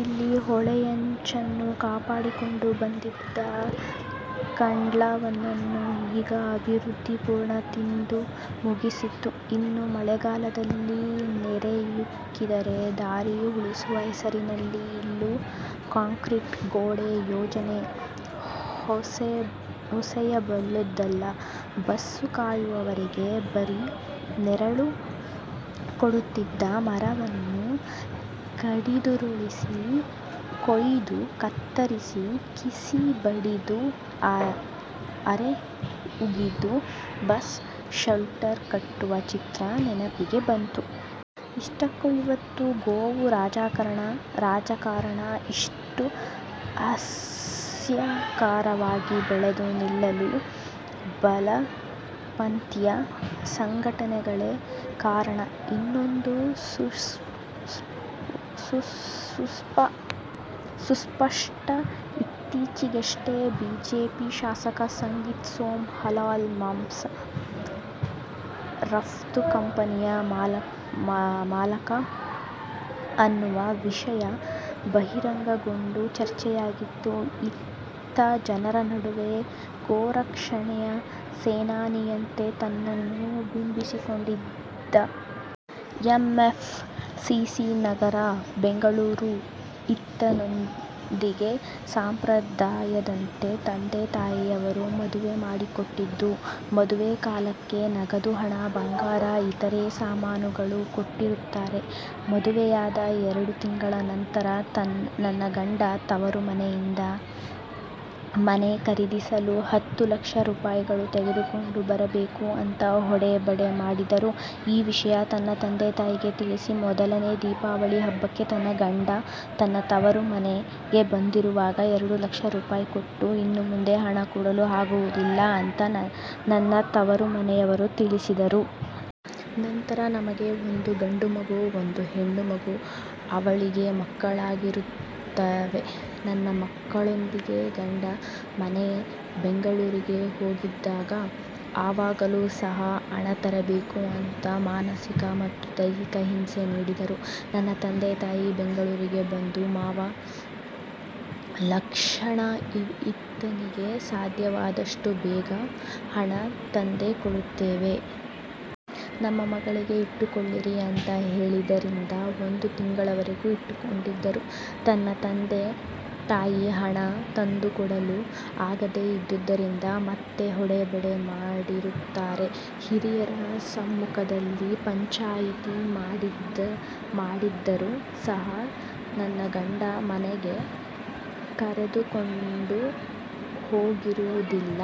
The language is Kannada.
ಇಲ್ಲಿ ಹೊಳೆಯಂಚನ್ನು ಕಾಪಾಡಿಕೊಂಡು ಬಂದಿದ್ದ ಕಾಂಡ್ಲಾವನನ್ನು ಈಗ 'ಅಭಿವೃದ್ಧಿ' ಪೂರ್ಣ ತಿಂದು ಮುಗಿಸಿತ್ತು. ಇನ್ನು ಮಳೆಗಾಲದಲ್ಲಿ ನೆರೆಯುಕ್ಕಿದರೆ 'ದಾರಿ ಉಳಿಸುವ' ಹೆಸರಿನಲ್ಲಿ ಇಲ್ಲೂ ಕಾಂಕ್ರೀಟ್ ಗೋಡೆ ಯೋಜನೆ ಹೊಸೆಯಬಹುದಲ್ಲ. ಬಸ್ಸು ಕಾಯುವವರಿಗೆ ಭಾರೀ ನೆರಳು ಕೊಡುತ್ತಿದ್ದ ಮರವನ್ನು ಕಡಿದುರುಳಿಸಿ, ಕೊಯ್ದು, ಕತ್ತರಿಸಿ, ಕೀಸಿ, ಬಡಿದು, ಅರೆ ಹುಗಿದು 'ಬಸ್ ಶೆಲ್ಟರ್' ಕಟ್ಟುವ ಚಿತ್ರ ನೆನಪಿಗೆ ಬಂತು. ಇಷ್ಟಕ್ಕೂ ಇವತ್ತು ಗೋವು ರಾಜಕಾರಣ ಇಷ್ಟು ಅಸಹ್ಯಕರವಾಗಿ ಬೆಳೆದು ನಿಲ್ಲಲು ಬಲಪಂಥೀಯ ಸಂಘಟನೆಗಳೇ ಕಾರಣ ಅನ್ನೋದು ಸುಸ್ಪಷ್ಟ. ಇತ್ತೀಚೆಗಷ್ಟೆ ಬಿಜೆಪಿ ಶಾಸಕ ಸಂಗೀತ್ ಸೋಮ್, ಹಲಾಲ್ ಮಾಂಸ ರಫ್ತು ಕಂಪನಿಯ ಮಾಲಕ ಅನ್ನುವ ವಿಷಯ ಬಹಿರಂಗಗೊಂಡು ಚರ್ಚೆಯಾಗಿತ್ತು. ಈತ ಜನರ ನಡುವೆ ಗೋರಕ್ಷಣೆಯ ಸೇನಾನಿಯಂತೆ ತನ್ನನ್ನು ಬಿಂಬಿಸಿಕೊಂಡಿದ್ದ! ಎಮ್. ಎಫ್. ಸಿ. ಸಿ. ನಗರ ಬೆಂಗಳೂರು ಇತನೊಂದಿಗೆ ಸಂಪ್ರದಾಯದಂತೆ ತಂದೆ ತಾಯಿಯವರು ಮದುವೆ ಮಾಡಿಕೊಟ್ಟಿದ್ದು, ಮದುವೆ ಕಾಲಕ್ಕೆ ನಗದು ಹಣ ಬಂಗಾರ ಇತರೆ ಸಾಮಾನುಗಳು ಕೊಟ್ಟಿರುತ್ತಾರೆ. ಮದುವೆಯಾದ ಎರಡು ತಿಂಗಳ ನಂತರ ನನ್ನ ಗಂಡ ತವರು ಮನೆಯಿಂದ ಮನೆ ಖರೀದಿಸಲು ಹತ್ತು ಲಕ್ಷ ರೂಪಾಯಿಗಳು ತೆಗೆದುಕೊಂಡು ಬರಬೇಕು ಅಂತಾ ಹೊಡೆಬಡೆ ಮಾಡಿದ್ದರು, ಈ ವಿಷಯ ತನ್ನ ತಂದೆ ತಾಯಿಗೆ ತಿಳಿಸಿ, ಮೊದಲನೇ ದೀಪಾವಳಿ ಹಬ್ಬಕ್ಕೆ ನನ್ನ ಗಂಡ ನನ್ನ ತವರು ಮನೆಗೆ ಬಂದಿರುವಾಗ ಎರಡು ಲಕ್ಷ ರೂಪಾಯಿ ಕೊಟ್ಟು, ಇನ್ನೂ ಮುಂದೆ ಹಣ ಕೊಡಲು ಆಗುವದಿಲ್ಲ ಅಂತಾ ನನ್ನ ತವರು ಮನೆಯವರು ತಿಳಿಸಿದ್ದರು. ನಂತರ ನಮಗೆ ಒಂದು ಗಂಡು ಮಗು ಒಂದು ಹೆಣ್ಣು ಮಗು ಅವಳಿ ಮಕ್ಕಳಾಗಿರುತ್ತವೆ. ನನ್ನ ಮಕ್ಕಳೊಂದಿಗೆ ಗಂಡನ ಮನೆ ಬೆಂಗಳೂರಿಗೆ ಹೋಗಿದ್ದಾಗ ಆವಾಗಲೂ ಸಹ ಹಣ ತರಬೇಕು ಅಂತಾ ಮಾನಸಿಕ ಮತ್ತು ದೈಹಿಕ ಹಿಂಸೆ ನೀಡಿದರೂ. ನನ್ನ ತಂದೆ ತಾಯಿ ಬೆಂಗಳೂರಿಗೆ ಬಂದು ಮಾವ ಲಕ್ಷಣ ಇತನಿಗೆ ಸಾದ್ಯವಾದಷ್ಟು ಬೇಗ ಹಣ ತಂದೆ ಕೊಡುತ್ತೇವೆ. ನಮ್ಮ ಮಗಳಿಗೆ ಇಟ್ಟುಕೊಳ್ಳಿರಿ ಅಂತಾ ಹೇಳಿದ್ದರಿಂದ ಒಂದು ತಿಂಗಳವರೆಗೆ ಇಟ್ಟುಕೊಂಡಿದ್ದರು. ನನ್ನ ತಂದೆ ತಾಯಿಗೆ ಹಣ ತಂದು ಕೊಡಲು ಆಗದೇ ಇದ್ದುದರಿಂದ, ಮತ್ತೆ ಹೊಡೆ ಬಡೆ ಮಾಡಿರುತ್ತಾರೆ. ಹಿರಿಯರ ಸಮ್ಮುಖದಲ್ಲಿ ಪಂಚಾಯಿತಿ ಮಾಡಿದ್ದರು ಸಹ ನನ್ನ ಗಂಡ ಮನೆಗೆ ಕರೆದುಕೊಂಡು ಹೋಗಿರುವದಿಲ್ಲ.